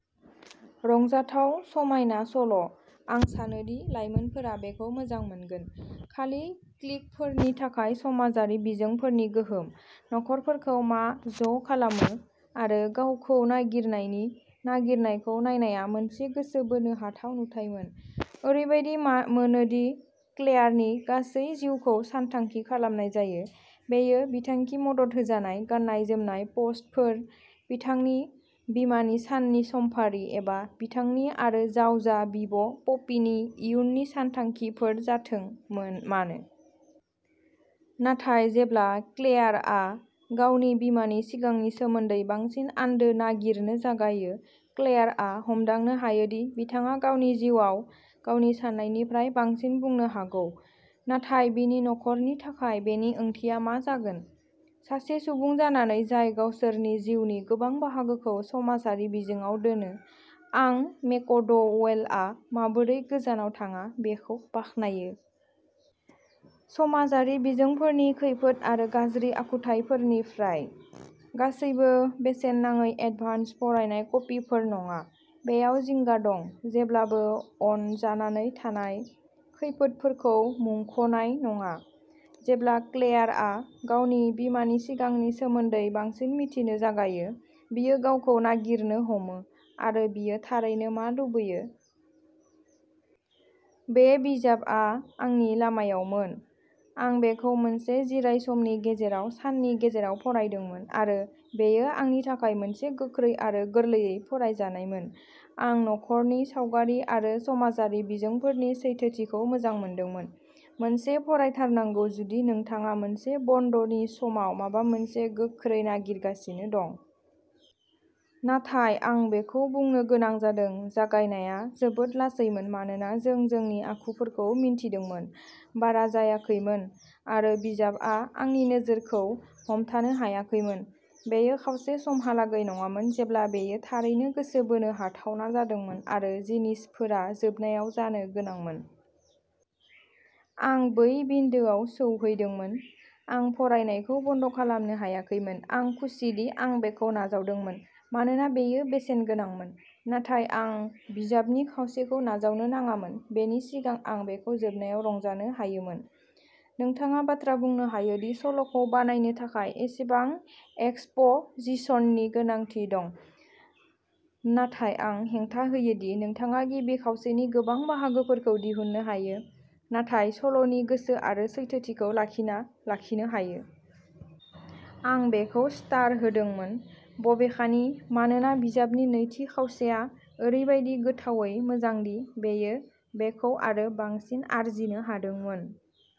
रंजाथाव, समायना सल'। आं सानोदि लाइमोनफोरा बेखौ मोजां मोनगोन। खालि क्लिकफोरनि थाखाय समाजारि बिजोंफोरनि गोहोम, नखरफोरखौ मा ज'खालामो, आरो गावखौ नागिरनायनि नागिरनायखौ नायनाया मोनसे गोसो बोनो हाथाव नुथायमोन। ओरैबायदि मोनोदि क्लेयारनि गासै जिउखौ सानथांखि खालामनाय जायो, बेयो बिथांनि मदद होजानाय गाननाय-जोमनाय पस्टफोर, बिथांनि बिमानि साननि समफारि, एबा बिथांनि आरो जावजा बिब'पपिनि इयुननि सानथांखिफोर जाथों मानो। नाथाय जेब्ला क्लेयारआ गावनि बिमानि सिगांनि सोमोन्दै बांसिन आन्दो नागिरनो जागायो, क्लेयारआ हमदांनो हायो दि बिथाङा गावनि जिउआव गावनि सान्नायनिफ्राय बांसिन बुंनो हागौ। नाथाय बिनि नखरनि थाखाय बेनि ओंथिया मा जागोन? सासे सुबुं जानानै जाय गावसोरनि जिउनि गोबां बाहागोखौ समाजारि बिजोंआव दोनो, आं मेकड'वेलआ माबोरै गोजानाव थाङा बेखौ बाख्नायो। समाजारि बिजोंफोरनि खैफोद आरो गाज्रि आखुथायफोरनिफ्राय। गासैबो बेसेन नाङै एडभान्स फरायनाय कपिफोर नङा, बेयाव जिंगा दं, जेब्लाबो'अन'जानानै थानाय, खैफोदफोरखौ मुंख'नाय नङा। जेब्ला क्लेयारआ गावनि बिमानि सिगांनि सोमोन्दै बांसिन मिथिनो जागायो, बियो गावखौ नागिरनो हमो, आरो बियो थारैनो मा लुबैयो। बे बिजाबआ आंनि लामायावमोन! आं बेखौ मोनसे जिरायसमनि गेजेराव साननि गेजेराव फरायदोंमोन आरो बेयो आंनि थाखाय मोनसे गोख्रै आरो गोरलैयै फरायजानायमोन! आं नखरनि सावगारि आरो समाजारि बिजोंफोरनि सैथोथिखौ मोजां मोनदोंमोन। मोनसे फरायथारनांगौ जुदि नोंथाङा मोनसे बन्द'नि समाव माबा मोनसे गोख्रै नागिरगासिनो दं! नाथाय आं बेखौ बुंनो गोनां जादोंः जागायनाया जोबोद लासैमोन मानोना जों जोंनि आखुफोरखौ मिन्थिदोंमोन। बारा जायाखैमोन, आरो बिजाबआ आंनि नोजोरखौ हमथानो हायाखैमोन। बेयो खावसे समहालागै नङामोन जेब्ला बेयो थारैनो गोसो बोनो हाथावना जादोंमोन आरो जिनिसफोरा जोबनायाव जानो गोनांमोन। आं बै बिन्दोआव सौहैदोंमोन, आं फरायनायखौ बन्द'खालामनो हायाखैमोन। आं खुसिदि आं बेखौ नाजावदोंमोन मानोना बेयो बेसेनगोनांमोन, नाथाय आं बिजाबनि खावसेखौ नाजावनो नाङामोन बेनि सिगां आं बेखौ जोबनायाव रंजानो हायोमोन। नोंथाङा बाथ्रा बुंनो हायोदि सल'खौ बानायनो थाखाय एसेबां एक्सप'जिशननि गोनांथि दं, नाथाय आं हेंथा होयो दि नोंथाङा गिबि खावसेनि गोबां बाहागोफोरखौ दिहुननो हायो, नाथाय सल'नि गोसो आरो सैथोथिखौ लाखिना लाखिनो हायो। आं बेखौ स्टार होदोंमोन, बबेखानि, मानोना बिजाबनि नैथि खावसेया ओरैबायदि गोथावै मोजां दि बेयो बेखौ आरो बांसिन आर्जिनो हादोंमोन।